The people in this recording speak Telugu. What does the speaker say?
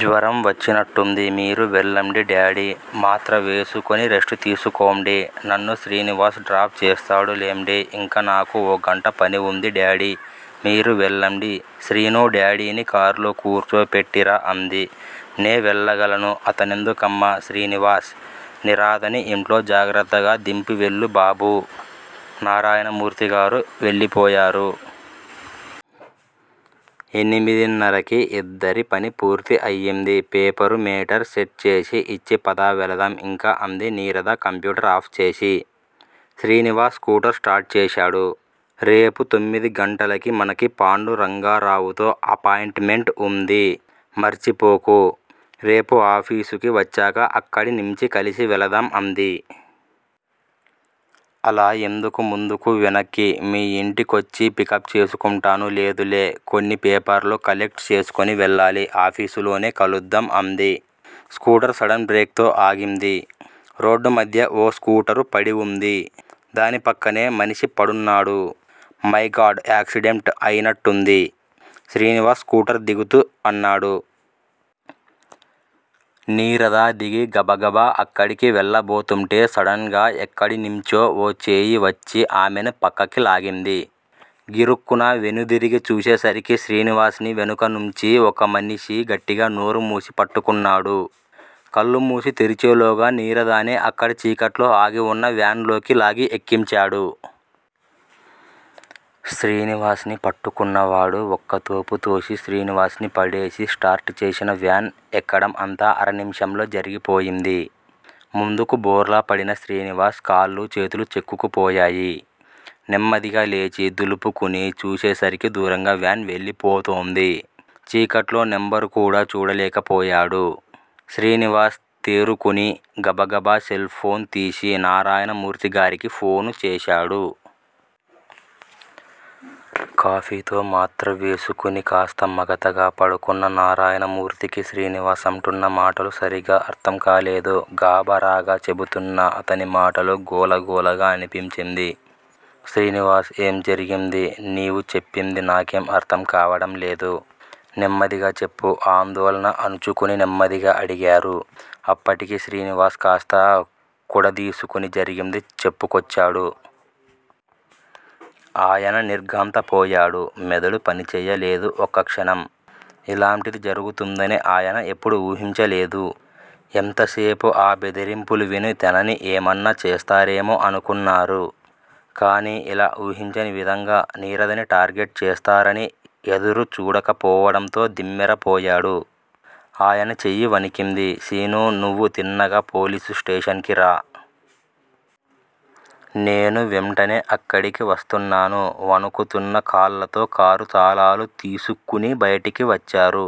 జ్వరం వచ్చినట్టుంది. మీరు వెళ్ళండి డాడీ, మాత్ర వేసుకుని రెస్ట్ తీసుకోండి. నన్ను శ్రీనివాస్ డ్రాప్ చేస్తాడులేండి ఇంక నాకు ఓ గంట పనివుంది డాడీ. మీరు వెళ్ళండి శ్రీనూ, డాడీని కారులో కూర్చో పెట్టిరా అంది. నే వెళ్ళగలను అతనెందుకమ్మా, శ్రీనివాస్! నిరాదని ఇంట్లో జాగ్రత్తగా దింపి వెళ్ళు బాబూ నారాయణమూర్తిగారు వెళ్ళిపోయారు. ఎనిమిదిన్నరకి ఇద్దరి పనీ పూర్తి అయింది. పేపరు మేటర్ సెట్ చేసి ఇచ్చి పద వెళదాం ఇంక అంది నీరద కంప్యూటర్ ఆఫ్ చేసి. శ్రీనివాస్ స్కూటర్ స్టార్ట్ చేశాడు. రేపు తొమ్మిదిగంటలకి మనకి పాండురంగారావుతో అపాయింట్ మెంట్ వుంది. మర్చిపోకు. రేపు ఆఫీసుకి వచ్చాక అక్కడినించి కలిసి వెళదాం అంది. అలా ఎందుకు ముందుకూ, వెనక్కి మీ ఇంటికొచ్చి పికప్ చేసుకుంటాను లేదులే. కొన్ని పేపర్లు కలెక్ట్ చేసుకుని వెళ్ళాలి, ఆఫీసులోనే కలుద్దాం అంది. స్కూటర్ సడెన్ బ్రేక్ తో ఆగింది. రోడ్డుమధ్య ఓ స్కూటరు పడివుంది. దానిపక్కనే మనిషి పడున్నాడు. మైగాడ్ యాక్సిడెంట్ అయినట్టుంది. శ్రీనివాస్ స్కూటర్ దిగుతూ అన్నాడు. నీరద దిగి గబగబా అక్కడికి వెళ్ళబోతుంటే సడెన్ గా ఎక్కడినుంచో ఓ చేయివచ్చి ఆమెని పక్కకి లాగింది. గిరుక్కున వెనుదిరిగి చూసేసరికి శ్రీనివాస్ ని వెనుకనించి ఓ మనిషి గట్టిగా నోరుమూసి పట్టుకున్నాడు. కళ్ళుమూసి తెరిచేలోగా నీరదాని అక్కడ చీకట్లో ఆగివున్న వ్యాన్ లోకి లాగి ఎక్కించాడు. శ్రీనివాస్ ని పట్టుకున్నవాడు ఒక్కతోపు తోసి శ్రీనివాస్ ని పడేసి స్టార్ట్ చేసిన వ్యాన్ ఎక్కడం అంతా అరనిముషంలో జరిగిపోయింది. ముందుకు బోర్లాపడిన శ్రీనివాస్ కాళ్ళు చేతులు చెక్కుకుపోయాయి. నెమ్మదిగా లేచి దులుపుకుని చూసేసరికి దూరంగా వ్యాన్ వెళ్ళిపోతోంది. చీకట్లో నెంబరుకూడా చూడలేకపోయాడు. శ్రీనివాస్ తేరుకుని గబగబా సెల్ ఫోన్ తీసి నారాయణమూర్తిగారికి ఫోను చేశాడు. కాఫీతో మాత్ర వేసుకుని కాస్త మగతగా పడుకున్న నారాయణమూర్తికి శ్రీనివాస్ అంటున్న మాటలు సరిగా అర్థంకాలేదు. గాభరాగా చెబుతున్న అతని మాటలు గోలగోలగా అనిపించింది. శ్రీనివాస్ ఏం జరిగింది నీవు చెప్పింది నాకేం అర్థం కావడంలేదు. నెమ్మదిగా చెప్పు ఆందోళన అణచుకుని నెమ్మదిగా అడిగారు. అప్పటికి శ్రీనివాస్ కాస్త కూడదీసుకుని జరిగింది చెప్పుకొచ్చాడు. ఆయన నిర్ఘాంతపోయాడు. మెదడు పనిచెయ్యలేదు ఒక్కక్షణం. ఇలాంటిది జరిగుతుందని ఆయన ఎప్పుడూ ఊహించలేదు. ఎంతసేపూ ఆ బెదిరింపులు విని తనని ఏమన్న చేస్తారేమో అనుకున్నారు. కాని ఇలా ఊహించని విధంగా నీరదని టార్గెట్ చేస్తారని ఎదురు చూడకపోవడంతో దిమ్మెరపోయాడు. ఆయన చెయ్యి వణికింది. శీనూ, నువ్వు తిన్నగా పోలీసు స్టేషన్ కి రా. నేనూ వెంటనే అక్కడికి వస్తున్నాను వణుకుతున్న కాళ్లతో కారు తాళాలు తీసుకుని బయటికి వచ్చారు.